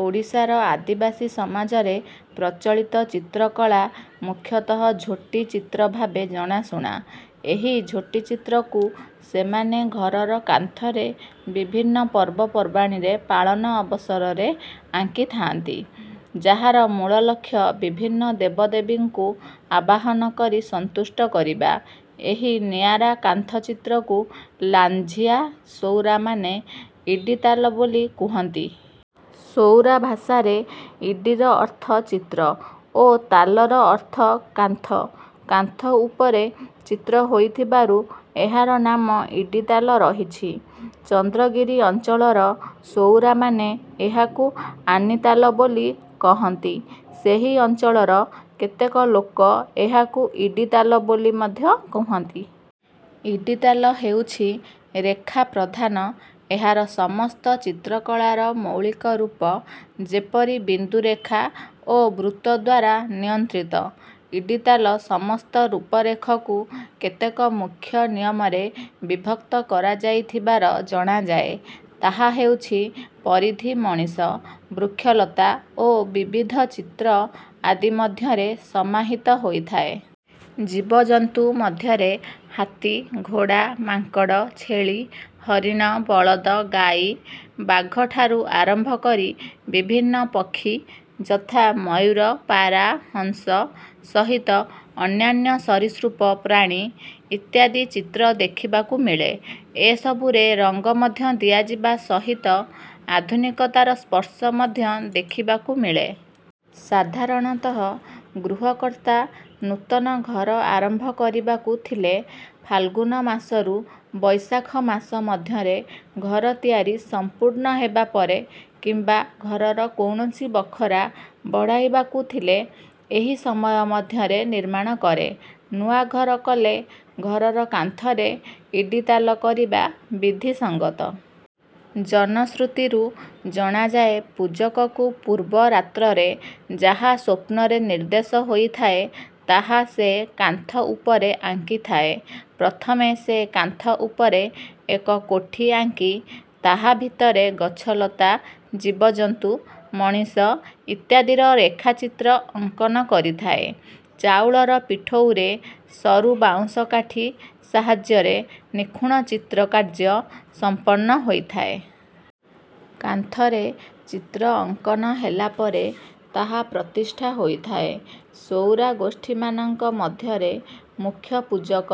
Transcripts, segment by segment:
ଓଡ଼ିଶାର ଆଦିବାସୀ ସମାଜରେ ପ୍ରଚଳିତ ଚିତ୍ରକଳା ମୁଖ୍ୟତଃ ଝୋଟି ଚିତ୍ର ଭାବେ ଜଣାଶୁଣା। ଏହି ଝୋଟିଚିତ୍ରକୁ ସେମାନେ ଘରର କାନ୍ଥରେ ବିଭିନ୍ନ ପର୍ବପର୍ବାଣି ପାଳନ ଅବସରରେ ଆଙ୍କିଥାନ୍ତି ଯାହାର ମୂଳ ଲକ୍ଷ୍ୟ ବିଭିନ୍ନ ଦେବଦେବୀଙ୍କୁ ଆବାହନ କରି ସନ୍ତୁଷ୍ଟ କରିବା। ଏହି ନିଆରା କାନ୍ଥଚିତ୍ରକୁ ଲାଞ୍ଜିଆ ସଉରାମାନେ ଇଡ଼ିତାଲ ବୋଲି କୁହନ୍ତି। ସଉରା ଭାଷାରେ ଇଡ଼ିର ଅର୍ଥ ଚିତ୍ର ଓ ତାଲର ଅର୍ଥ କାନ୍ଥ। କାନ୍ଥ ଉପରେ ଚିତ୍ର ହୋଇଥିବାରୁ ଏହାର ନାମ ଇଡ଼ିତାଲ ରହିଛି। ଚନ୍ଦ୍ରଗିରି ଅଞ୍ଚଳର ସଉରାମାନେ ଏହାକୁ ଆନିତାଲ ବୋଲି କହନ୍ତି। ସେହି ଅଞ୍ଚଳର କେତେକ ଲୋକ ଏହାକୁ ଇଡ଼ିତାଲ ବୋଲି ମଧ୍ୟ କୁହନ୍ତି। ଇଡ଼ିତାଲ ହେଉଛି ରେଖା ପ୍ରଧାନ ଏହାର ସମସ୍ତ ଚିତ୍ରକଳାର ମୌଳିକ ରୂପ ଯେପରି ବିନ୍ଦୁ ରେଖା ଓ ବୃତ୍ତ ଦ୍ୱାରା ନିୟନ୍ତ୍ରିତ। ଇଡ଼ିତାଲ ସମସ୍ତ ରୂପରେଖକୁ କେତେକ ମୁଖ୍ୟ ନିୟମରେ ବିଭକ୍ତ କରାଯାଇଥିବାର ଜଣାଯାଏ। ତାହା ହେଉଛି ପରିଧି ମଣିଷ ବୃକ୍ଷଲତା ଓ ବିବିଧ ଚିତ୍ର ଆଦି ମଧ୍ୟରେ ସମାହିତ ହୋଇଥାଏ। ଜୀବଜନ୍ତୁ ମଧ୍ୟରେ ହାତୀ ଘୋଡ଼ା ମାଙ୍କଡ଼ ଛେଳି ହରିଣ ବଳଦ ଗାଈ ବାଘଠାରୁ ଆରମ୍ଭ କରି ବିଭିନ୍ନ ପକ୍ଷୀ ଯଥା ମୟୂର ପାରା ହଂସ ସହିତ ଅନ୍ୟାନ୍ୟ ସରୀସୃପ ପ୍ରାଣୀ ଇତ୍ୟାଦି ଚିତ୍ର ଦେଖିବାକୁ ମିଳେ ଏସବୁରେ ରଙ୍ଗ ମଧ୍ୟ ଦିଆଯିବା ସହିତ ଆଧୁନିକତାର ସ୍ପର୍ଶ ମଧ୍ୟ ଦେଖିବାକୁ ମିଳେ। ସାଧାରଣତଃ ଗୃହକର୍ତ୍ତା ନୂତନ ଘର ଆରମ୍ଭ କରିବାକୁ ଥିଲେ ଫାଲଗୁନ ମାସରୁ ବୈଶାଖ ମାସ ମଧ୍ୟରେ ଘର ତିଆରି ସମ୍ପୂର୍ଣ୍ଣ ହେବା ପରେ କିମ୍ବା ଘରର କୌଣସି ବଖରା ବଢ଼ାଇବାକୁ ଥିଲେ ଏହି ସମୟ ମଧ୍ୟରେ ନିର୍ମାଣ କରେ। ନୂଆ ଘର କଲେ ଘରର କାନ୍ଥରେ ଇଡ଼ିତାଲ କରିବା ବିଧିସଙ୍ଗତ। ଜନଶ୍ରୁତିରୁ ଜଣାଯାଏ ପୂଜକକୁ ପୂର୍ବ ରାତ୍ରରେ ଯାହା ସ୍ୱପ୍ନରେ ନିର୍ଦ୍ଦେଶ ହୋଇଥାଏ ତାହା ସେ କାନ୍ଥ ଉପରେ ଆଙ୍କିଥାଏ। ପ୍ରଥମେ ସେ କାନ୍ଥ ଉପରେ ଏକ କୋଠି ଆଙ୍କି ତାହା ଭିତରେ ଗଛଲତା ଜୀବଜନ୍ତୁ ମଣିଷ ଇତ୍ୟାଦିର ରେଖାଚିତ୍ର ଅଙ୍କନ କରିଥାଏ। ଚାଉଳର ପିଠଉରେ ସରୁ ବାଉଁଶ କାଠି ସାହାଯ୍ୟରେ ନିଖୁଣ ଚିତ୍ର କାର୍ଯ୍ୟ ସମ୍ପନ୍ନ ହୋଇଥାଏ। କାନ୍ଥରେ ଚିତ୍ର ଅଙ୍କନ ହେଲା ପରେ ତାହା ପ୍ରତିଷ୍ଠା ହୋଇଥାଏ। ସଉରା ଗୋଷ୍ଠୀମାନଙ୍କ ମଧ୍ୟରେ ମୁଖ୍ୟ ପୂଜକ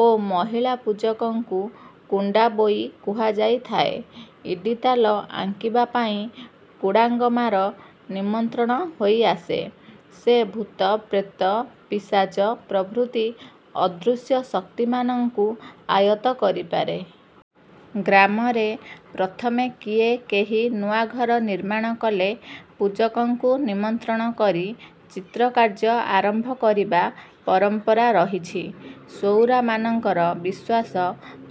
ଓ ମହିଳା ପୂଜକଙ୍କୁ କୁଣ୍ଡାବୋଇ କୁହାଯାଇଥାଏ। ଇଡ଼ିତାଲ ଆଙ୍କିବା ପାଇଁ କୁଡ଼ାଙ୍ଗମ୍ମାର ନିମନ୍ତ୍ରଣ ହୋଇଆସେ। ସେ ଭୂତ ପ୍ରେତ ପିଶାଚ ପ୍ରଭୃତି ଅଦୃଶ୍ୟ ଶକ୍ତିମାନଙ୍କୁ ଆୟତ୍ତ କରିପାରେ। ଗ୍ରାମରେ ପ୍ରଥମେ କିଏ କେହି ନୂଆ ଘର ନିର୍ମାଣ କଲେ ପୂଜକଙ୍କୁ ନିମନ୍ତ୍ରଣ କରି ଚିତ୍ର କାର୍ଯ୍ୟ ଆରମ୍ଭ କରିବା ପରମ୍ପରା ରହିଛି। ସଉରାମାନଙ୍କର ବିଶ୍ୱାସ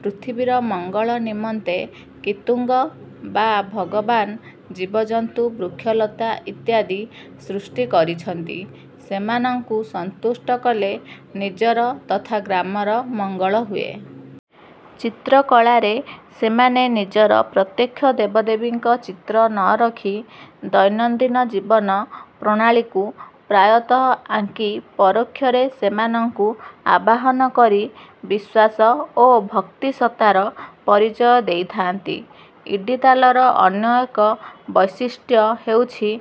ପୃଥିବୀର ମଙ୍ଗଳ ନିମନ୍ତେ କିତୁଙ୍ଗ ବା ଭଗବାନ ଜୀବଜନ୍ତୁ ବୃକ୍ଷଲତା ଇତ୍ୟାଦି ସୃଷ୍ଟି କରିଛନ୍ତି। ସେମାନଙ୍କୁ ସନ୍ତୁଷ୍ଟ କଲେ ନିଜର ତଥା ଗ୍ରାମର ମଙ୍ଗଳ ହୁଏ। ଚିତ୍ରକଳାରେ ସେମାନେ ନିଜର ପ୍ରତ୍ୟକ୍ଷ ଦେବଦେବୀଙ୍କ ଚିତ୍ର ନ ରଖି ଦୈନନ୍ଦିନ ଜୀବନ ପ୍ରଣାଳୀକୁ ପ୍ରାୟତଃ ଆଙ୍କି ପରୋକ୍ଷରେ ସେମାନଙ୍କୁ ଆବାହନ କରି ବିଶ୍ୱାସ ଓ ଭକ୍ତିସତ୍ତାର ପରିଚୟ ଦେଇଥାନ୍ତି। ଇଡ଼ିତାଲର ଅନ୍ୟ ଏକ ବୈଶିଷ୍ଟ୍ୟ ହେଉଛି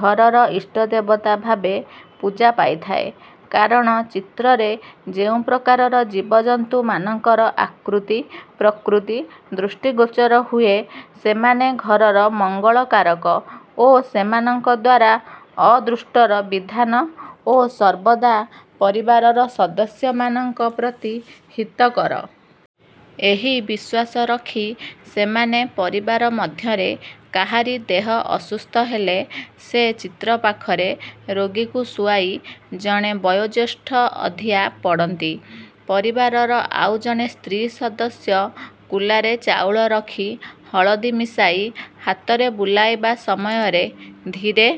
ଘରର ଇଷ୍ଟଦେବତା ଭାବେ ପୂଜା ପାଇଥାଏ। କାରଣ ଚିତ୍ରରେ ଯେଉଁ ପ୍ରକାରର ଜୀବଜନ୍ତୁମାନଙ୍କର ଆକୃତି ପ୍ରକୃତି ଦୃଷ୍ଟିଗୋଚର ହୁଏ ସେମାନେ ଘରର ମଙ୍ଗଳକାରକ ଓ ସେମାନଙ୍କ ଦ୍ୱାରା ଅଦୃଷ୍ଟର ବିଧାନ ଓ ସର୍ବଦା ପରିବାରର ସଦସ୍ୟମାନଙ୍କ ପ୍ରତି ହିତକର। ଏହି ବିଶ୍ୱାସ ରଖି ସେମାନେ ପରିବାର ମଧ୍ୟରେ କାହାରି ଦେହ ଅସୁସ୍ଥ ହେଲେ ସେ ଚିତ୍ର ପାଖରେ ରୋଗୀକୁ ଶୁଆଇ ଜଣେ ବୟୋଜ୍ୟେଷ୍ଠ ଅଧିଆ ପଡ଼ନ୍ତି। ପରିବାରର ଆଉ ଜଣେ ସ୍ତ୍ରୀ ସଦସ୍ୟ କୁଲାରେ ଚାଉଳ ରଖି ହଳଦୀ ମିଶାଇ ହାତରେ ବୁଲାଇବା ସମୟରେ ଧୀରେ